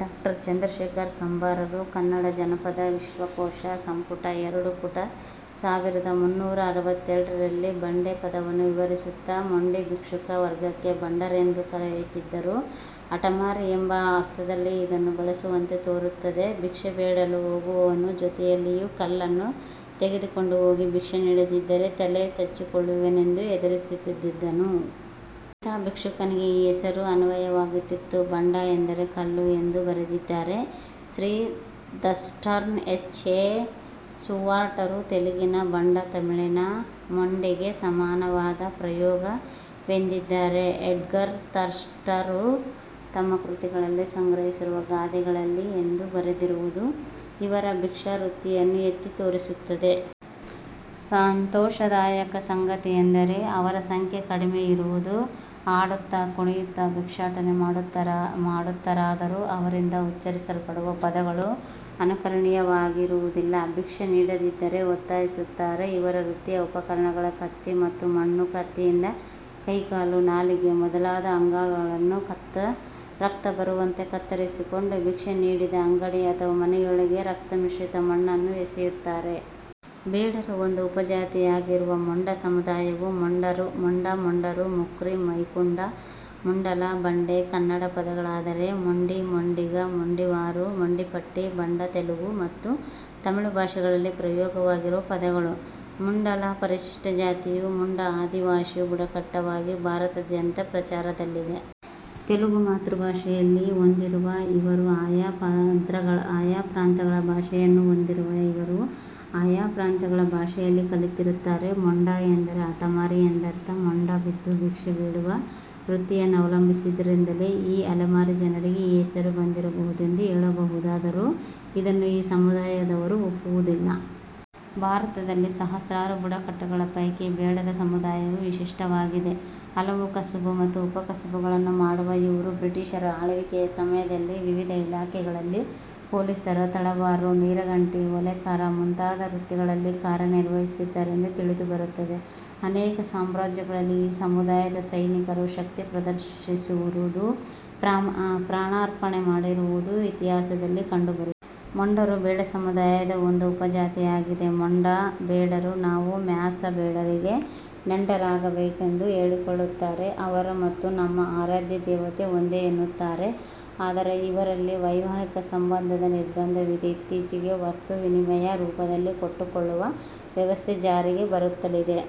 Doctor Chandrashekhara ಕಂಬಾರರು ಕನ್ನಡ ಜಾನಪದ ವಿಶ್ವಕೋಶ, ಸಂಪುಟ ಎರಡು ಪುಟ ಸಾವಿರದ ಮುನ್ನೂರ ಅರವತ್ತೆರಡರಲ್ಲಿ ಬಂಡೆ ಪದವನ್ನು ವಿವರಿಸುತ್ತಾ ಮೊಂಡಿ ಭಿಕ್ಷುಕ ವರ್ಗಕ್ಕೆ ಬಂಡರೆಂದು ಕರೆಯುತ್ತಿದ್ದರು. ಹಟಮಾರಿ ಎಂಬ ಅರ್ಥದಲ್ಲಿ ಇದನ್ನು ಬಳಸುವಂತೆ ತೋರುತ್ತದೆ. ಭಿಕ್ಷೆ ಬೇಡಲು ಹೋಗುವವನು ಜೊತೆಯಲ್ಲಿಯ ಕಲ್ಲನ್ನು ತೆಗೆದುಕೊಂಡು ಹೋಗಿ ಭಿಕ್ಷೆ ನೀಡದಿದ್ದರೆ ತಲೆ ಚಚ್ಚಿಕೊಳ್ಳುವೆನೆಂದು ಹೆದರಿಸುತ್ತಿದ್ದನು. ಇಂಥ ಭಿಕ್ಷುಕನಿಗೆ ಈ ಹೆಸರು ಅನ್ವಯವಾಗುತ್ತಿತ್ತು. ಬಂಡ ಎಂದರೆ ಕಲ್ಲು ಎಂದು ಬರೆದಿದ್ದಾರೆ. Shri Thurston, H. ಎ. ಸ್ಟೂವರ್ಟರು ತೆಲುಗಿನ ಬಂಡ ತಮಿಳಿನ ಮೊಂಡಿಗೆ ಸಮಾನವಾದ ಪ್ರಯೋಗ ವೆಂದಿದ್ದಾರೆ. ಎಡ್ಗರ್ ಥರ್ಸ್ಟ್ನರು ತಮ್ಮ ಕೃತಿಗಳಲ್ಲಿ ಸಂಗ್ರಹಿಸಿರುವ ಗಾದೆಗಳಲ್ಲಿ ಎಂದು ಬರೆದಿರುವುದು ಇವರ ಭಿಕ್ಷಾವೃತ್ತಿಯನ್ನು ಎತ್ತಿ ತೋರಿಸುತ್ತದೆ. ಸಂತೋಷದಾಯಕ ಸಂಗತಿಯೆಂದರೆ ಅವರ ಸಂಖ್ಯೆ ಕಡಿಮೆ ಇರುವುದು. ಹಾಡುತ್ತಾ ಕುಣಿಯುತ್ತಾ ಭಿಕ್ಷಾಟನೆ ಮಾಡುತ್ತಾರಾದರೂ ಅವರಿಂದ ಉಚ್ಚರಿಸಲ್ಪಡುವ ಪದಗಳು ಅನುಕರಣೀಯವಾಗಿ ರುವುದಿಲ್ಲ. ಭಿಕ್ಷೆ ನೀಡದಿದ್ದರೆ ಒತ್ತಾಯಿಸುತ್ತಾರೆ. ಇವರ ವೃತ್ತಿಯ ಉಪಕರಣಗಳು ಕತ್ತಿ ಮತ್ತು ಮಣ್ಣು. ಕತ್ತಿಯಿಂದ ಕೈ ಕಾಲು ನಾಲಿಗೆ ಮೊದಲಾದ ಅಂಗಗಳನ್ನು ರಕ್ತ ಬರುವಂತೆ ಕತ್ತರಿಸಿಕೊಂಡು, ಭಿಕ್ಷೆ ನೀಡದ ಅಂಗಡಿ ಅಥವಾ ಮನೆಯೊಳಕ್ಕೆ ರಕ್ತಮಿಶ್ರಿತ ಮಣ್ಣನ್ನು ಎಸೆಯುತ್ತಾರೆ. ಬೇಡರ ಒಂದು ಉಪಜಾತಿಯಾಗಿರುವ ಮೊಂಡ ಸಮುದಾಯವು ಮುಂಡ ಮೊಂಡರು ಮುಕ್ರಿ ಮೈಕುಂಡ, ಮುಂಡಲ ಬಂಡೆ ಕನ್ನಡ ಪದಗಳಾದರೆ ಮೊಂಡಿ, ಮೊಂಡಿಗ, ಮೊಂಡಿವಾರು, ಮೊಂಡಿಪಟ್ಟಿ, ಬಂಡ ತೆಲುಗು ಮತ್ತು ತಮಿಳು ಭಾಷೆಗಳಲ್ಲಿ ಪ್ರಯೋಗ ವಾಗಿರುವ ಪದಗಳು. ಮುಂಡಲ ಪರಿಶಿಷ್ಟ ಜಾತಿಯಾಗಿಯೂ ಮುಂಡ ಆದಿವಾಸಿ ಬುಡಕಟ್ಟಾಗಿಯೂ ಭಾರತದಾದ್ಯಂತ ಪ್ರಚಾರದಲ್ಲಿವೆ. ತೆಲುಗು ಮಾತೃಭಾಷೆಯನ್ನು ಹೊಂದಿ ರುವ ಇವರು ಆಯಾ ಪ್ರಾಂತಗಳ ಭಾಷೆಯನ್ನು ಹೊಂದಿರುವ ಇವರು ಆಯಾ ಪ್ರಾಂತಗಳ ಭಾಷೆಯನ್ನು ಕಲಿತಿರುತ್ತಾರೆ. ಮೊಂಡ ಎಂದರೆ ಹಠಮಾರಿ ಎಂದರ್ಥ. ಮೊಂಡು ಬಿದ್ದು ಭಿಕ್ಷೆ ಬೇಡುವ ವೃತ್ತಿಯನ್ನವಲಂಬಿಸಿದ್ದರಿಂದಲೇ ಈ ಅಲೆಮಾರಿ ಜನರಿಗೆ ಈ ಹೆಸರು ಬಂದಿರಬಹುದೆಂದು ಹೇಳಬಹುದಾದರೂ ಇದನ್ನು ಈ ಸಮುದಾಯದವರು ಒಪ್ಪುವುದಿಲ್ಲ. ಭಾರತದಲ್ಲಿ ಸಹಸ್ರಾರು ಬುಡಕಟ್ಟುಗಳ ಪೈಕಿ ಬೇಡರ ಸಮುದಾಯವು ವಿಶಿಷ್ಟವಾಗಿದೆ. ಹಲವು ಕಸುಬು ಮತ್ತು ಉಪ ಕಸುಬುಗಳನ್ನು ಮಾಡುವ ಇವರು ಬ್ರಿಟಿಷರ ಆಳ್ವಿಕೆಯ ಸಮಯದಲ್ಲಿ ವಿವಿಧ ಇಲಾಖೆಗಳಲ್ಲಿ ಪೋಲಿಸರು, ತಳವಾರ, ನೀರಗಂಟಿ, ಓಲೆಕಾರ ಮುಂತಾದ ಹುದ್ದೆಗಳಲ್ಲಿ ಕಾರ್ಯ ನಿರ್ವಹಿಸುತ್ತಿದ್ದರೆಂದು ತಿಳಿದು ಬರುತ್ತದೆ. ಅನೇಕ ಸಾಮ್ರಾಜ್ಯಗಳಲ್ಲಿ ಈ ಸಮುದಾಯದ ಸೈನಿಕರು ಶಕ್ತಿ ಪ್ರದರ್ಶಿಸಿರುವುದು ಪ್ರಾಣಾರ್ಪಣೆ ಮಾಡಿರುವುದು ಇತಿಹಾಸದಲ್ಲಿ ಕಂಡು ಬರು ಮೊಂಡರು ಬೇಡ ಸಮುದಾಯದ ಒಂದು ಉಪಜಾತಿಯಾಗಿದೆ. ಮೊಂಡ ಬೇಡರು ನಾವು ಮ್ಯಾಸಬೇಡರಿಗೆ ನೆಂಟರಾಗಬೇಕೆಂದು ಹೇಳಿಕೊಳ್ಳುತ್ತಾರೆ. ಅವರ ಮತ್ತು ನಮ್ಮ ಆರಾಧ್ಯ ದೇವತೆಗಳು ಒಂದೇ ಎನ್ನುತ್ತಾರೆ. ಆದರೆ ಇವರಲ್ಲಿ ವೈವಾಹಿಕ ಸಂಬಂಧದ ನಿರ್ಬಂಧವಿದೆ. ಇತ್ತೀಚೆಗೆ ವಸ್ತು ವಿನಿಮಯ ರೂಪದಲ್ಲಿ ಕೊಟ್ಟುಕೊಳ್ಳುವ ವ್ಯವಸ್ಥೆ ಜಾರಿಗೆ ಬರುತ್ತಲಿದೆ.